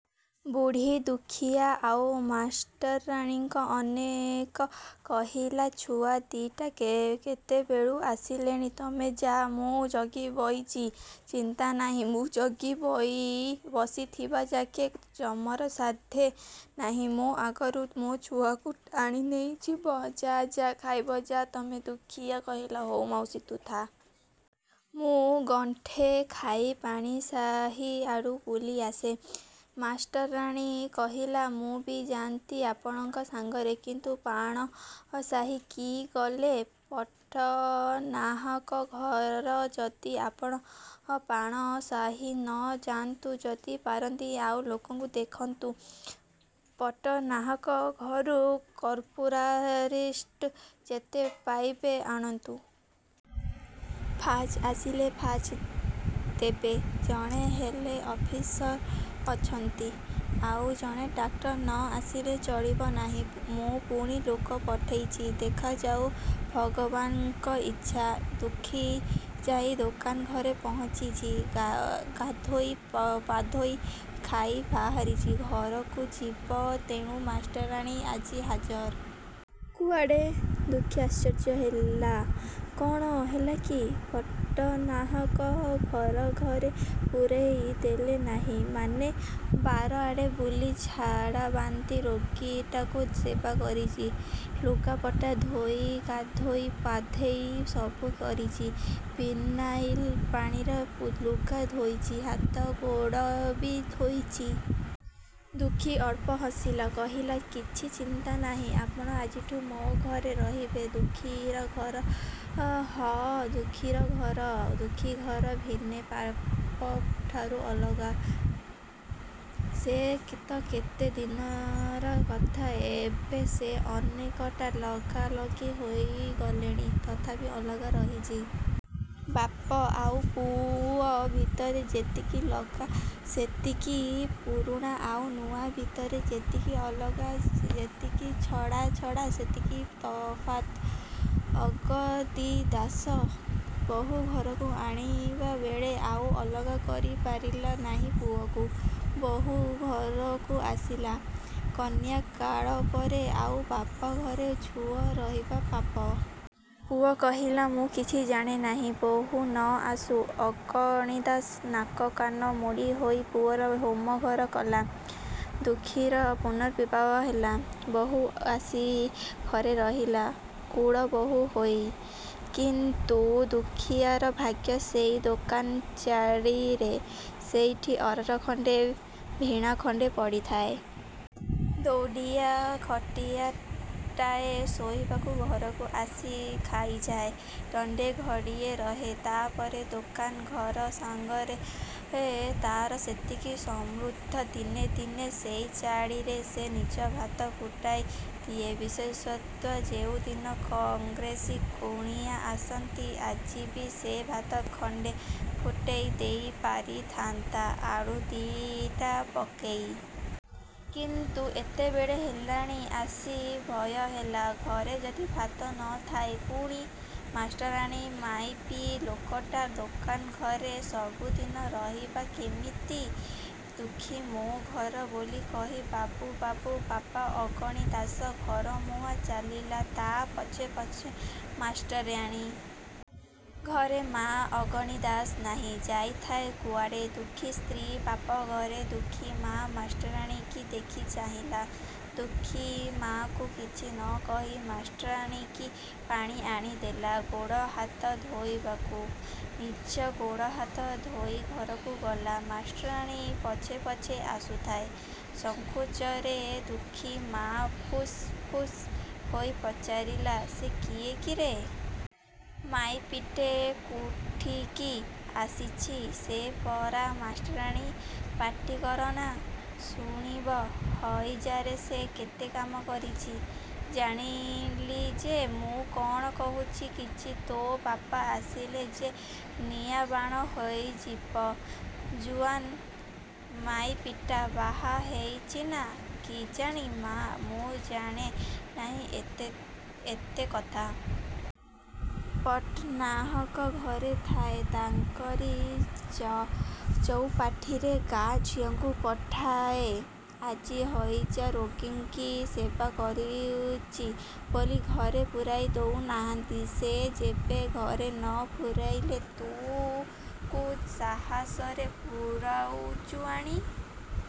ବୁଢ଼ୀ ଦୁଃଖୀଆ ଆଉ ମାଷ୍ଟରାଣୀଙ୍କି ଅନେକ କହିଲା–ଛୁଆ ଦି'ଟା କେତେବେଳୁ ଆସିଲେଣି–ତମେ ଯା–ମୁଁ ଜଗି ବଇଚି। ଚିନ୍ତା ନାହିଁ। ମୁଁ ଜଗି ବସିଥିବାଯାକେ ଯମର ସାଧ୍ୟ ନାହିଁ ମୋ ଆଗରୁ ମୋ ଛୁଆକୁ ଟାଣି ନେଇଯିବ। ଯା–ଯା–ଖାଇବ ଯା ତମେ! ଦୁଃଖୀଆ କହିଲା–''ହଉ ମାଉସୀ, ତୁ ଥା। ମୁଁ ଗଣ୍ଡେ ଖାଇ, ପାଣ ସାହି ଆଡ଼ୁ, ବୁଲି ଆସେ। '' ମାଷ୍ଟରାଣୀ କହିଲା–''ମୁଁ ବି ଯାଆନ୍ତି ଆପଣଙ୍କ ସାଙ୍ଗରେ। କିନ୍ତୁ ପାଣ ସାହି କି ଗଲେ। ପଟ୍ଟନାହାକ ଘର ଯଦି–'' ''ଆପଣ ପାଣ ସାହି ନ ଯାନ୍ତୁ–ଯଦି ପାରନ୍ତି ଆଉ ଲୋକଙ୍କୁ ଦେଖନ୍ତୁ। ପଟ୍ଟନାହାକ ଘରୁ କର୍ପୂରାରିଷ୍ଟ ଯେତେ ପାଇବେ ଆଣନ୍ତୁ। ଫାଜ୍ ଆସିଲେ ଫାଜ୍ ଦେବେ। ଜଣେ ହେଲ୍ଥ ଅଫିସର ଆସିଛନ୍ତି। ଆଉ ଜଣେ ଡାକ୍ତର ନ ଆସିଲେ ଚଳିବ ନାହିଁ। ମୁଁ ପୁଣି ଲୋକ ପଠେଇଛି। ଦେଖାଯାଉ–ଭଗବାନ୍ଙ୍କ ଇଚ୍ଛା। '' ଦୁଃଖୀ ଯାଇଁ ଦୋକାନ ଘରେ ପହଞ୍ଚିଛି। ଗାଧୋଇ ପାଧୋଇ ଖାଇ ବାହାରିଛି–ଘରକୁ ଯିବ। ତେଣୁ ମାଷ୍ଟରାଣୀ ଆସି ହାଜର। ''କୁଆଡ଼େ? '' ଦୁଃଖୀ ଆଶ୍ଚର୍ଯ୍ୟ ହେଲା–କ'ଣ ହେଲା କି? ''ପଟ୍ଟନାହାକ ଘର ଘରେ ପୂରେଇ ଦେଲେ ନାହିଁ। '' ''ମାନେ? '' ''ବାର ଆଡ଼େ ବୁଲି ଝାଡ଼ାବାନ୍ତି ରୋଗୀଟାକୁ ସେବା କରିଛି। '' ''ଲୁଗାପଟା ଧୋଇ ଗାଧୋଇ ପାଧେଇ–'' ''ସବୁ କରିଛି। ପିନାଇଲ ପାଣିରେ ଲୁଗା ଧୋଇଚି–ହାତଗୋଡ଼ବି ଧୋଇଚି। '' ଦୁଃଖୀ ଅଳ୍ପ ହସିଲା। କହିଲା–''କିଛି ଚିନ୍ତା ନାହିଁ–ଆପଣ ଆଜିଠୁ ମୋ ଘରେ ରହିବେ-। '' ଦୁଃଖୀର ଘର? ହଁ ଦୁଃଖୀର ଘର। ଦୁଃଖୀ ଘର ଭିନେ–ବାପ ଠାରୁ ଅଲଗା। ସେ ତ କେତେ ଦିନର କଥା। ଏବେ ସେ ଅନେକଟା ଲଗାଲଗି ହେଇଗଲେଣି। ତଥାପି ଅଲଗା ରହିଛି। ବାପ ଆଉ ପୁଅ ଭିତରେ ଯେତିକି ଲଗା ସେତିକି। ପୁରୁଣା ଆଉ ନୂଆ ଭିତରେ ଯେତିକି ଅଲଗା, ଯେତିକି ଛଡ଼ାଛଡ଼ା ସେତିକି ତଫାତ। ଅଗଣିଦାଶ ବହୂ ଘରକୁ ଆଣିବାବେଳେ ଆଉ ଅଲଗା କରି ପାରିଲା ନାହିଁ ପୁଅକୁ। ବହୂ ଘରକୁ ଆସିଲା। କନ୍ୟା କାଳପରେ ଆଉ ବାପଘରେ ଝୁଅ ରହିବା ପାପ। ପୁଅ କହିଲା, ମୁଁ କିଛି ଜାଣେ ନାହିଁ। ବହୂ ନ ଆସୁ। ଅଗଣିଦାସ ନାକକାନ ମୋଡ଼ି ହୋଇ ପୁଅର ହୋମଘର କଲା-। ଦୁଃଖୀର ପୁନର୍ବିବାହ ହେଲା। ବହୂ ଆସି ଘରେ ରହିଲା–କୁଳବହୂ ହେଇ। କିନ୍ତୁ ଦୁଃଖୀଆର ଭାଗ୍ୟ ସେଇ ଦୋକାନ ଚାଳିରେ। ସେଇଠି ଅରଟ ଖଣ୍ଡେ, ଭିଣା ଖଣ୍ଡେ ପଡ଼ିଥାଏ। ଦଉଡ଼ିଆ ଖଟିଆଟାଏ ଶୋଇବାକୁ। ଘରକୁ ଆସି ଖାଇଯାଏ। ଦଣ୍ଡେ ଘଡ଼ିଏ ରହେ। ତା'ପରେ ଦୋକାନ-। ଘର ସାଙ୍ଗରେ ତା'ର ସେତିକି ସମ୍ବନ୍ଧ। ଦିନେ ଦିନେ ସେଇ ଚାଳିରେ ସେ ନିଜେ ଭାତ ଫୁଟେଇ ଦିଏ, ବିଶେଷତଃ ଯେଉଁଦିନ କଂଗ୍ରେସୀ କୁଣିଆ ଆସନ୍ତି। ଆଜିବି ସେ ଭାତ ଗଣ୍ଡେ ଫୁଟେଇ ଦେଇ ପାରିଥାନ୍ତା–ଆଳୁ ଦିଟା ପକେଇ। କିନ୍ତୁ ଏତେବେଳ ହେଲାଣି ଆସି। ଭୟ ହେଲା, ଘରେ ଯଦି ଭାତ ନଥାଏ। ପୁଣି ମାଷ୍ଟରାଣୀ–ମାଇପି ଲୋକଟା–ଦୋକାନ ଘରେ ସବୁଦିନେ ରହିବ ବା କିମିତି? ଦୁଃଖୀ 'ମୋ ଘର' ବୋଲି କହି, ଭାବୁ ଭାବୁ ବାପ ଅଗଣି ଦାଶ ଘରମୁହାଁ ଚାଲିଲା। ତା' ପଛେ ପଛେ ମାଷ୍ଟରାଣୀ। ଘରେ ମା। ଅଗଣି ଦାଶ ନାହିଁ–ଯାଇଥାଏ କୁଆଡ଼େ। ଦୁଃଖୀ ସ୍ତ୍ରୀ ବାପଘରେ। ଦୁଃଖୀ ମା ମାଷ୍ଟରାଣୀକି ଦେଖି ଚାହିଁଲା। ଦୁଃଖୀ ମାକୁ କିଛି ନ କହି ମାଷ୍ଟରାଣୀକି ପାଣି ଆଣିଦେଲା ଗୋଡ଼ ହାତ ଧୋଇବାକୁ। ନିଜେ ଗୋଡ଼ହାତ ଧୋଇ ଘରକୁ ଗଲା। ମାଷ୍ଟରାଣୀ ପଛେ ପଛେ ଆସୁଥାଏ–ସଙ୍କୋଚରେ, ଦୁଃଖୀ ମା ଫୁସ ଫୁସ ହେଇ ପଚାରିଲା–''ସେ କିଏ କିରେ? ମାଇପିଟେ–କୁଠିକି ଆସିଛି? '' ''ସେ ପରା ମାଷ୍ଟରାଣୀ। ପାଟି କରନା। ଶୁଣିବ। ହଇଜାରେ ସେ କେତେ କାମ କରୁଚି। '' ''ଜାଣିଲି ଯେ। ମୁଁ କ'ଣ କହୁଛି କିଛି? ତୋ ବାପ ଆସିଲେ ଯେ ନିଆଁବାଣ ହେଇଯିବ-। ଜୁଆନ୍ ମାଇପିଟା–ବାହା ହେଇଚିନା? '' ''କିଜାଣି ମା, ମୁଁ ଜାଣେ ନାହିଁ ଏତେ କଥା। ପଟ୍ଟନାହାକ ଘରେ ଥାଏ। ତାଙ୍କରି ଚଉପାଢ଼ିରେ ଗାଁ ଝିଅଙ୍କୁ ପଢ଼ାଏ। ଆଜି ହଇଜାରୋଗୀଙ୍କି ସେବା କରୁଚି ବୋଲି ଘରେ ପୂରେଇ ଦଉ ନାହାନ୍ତି। '' ''ସେ ଯେବେ ଘରେ ନ ପୂରେଇଲେ, ତୁ କୁ ସାହସରେ ପୂରୋଉଚୁ ଆଣି?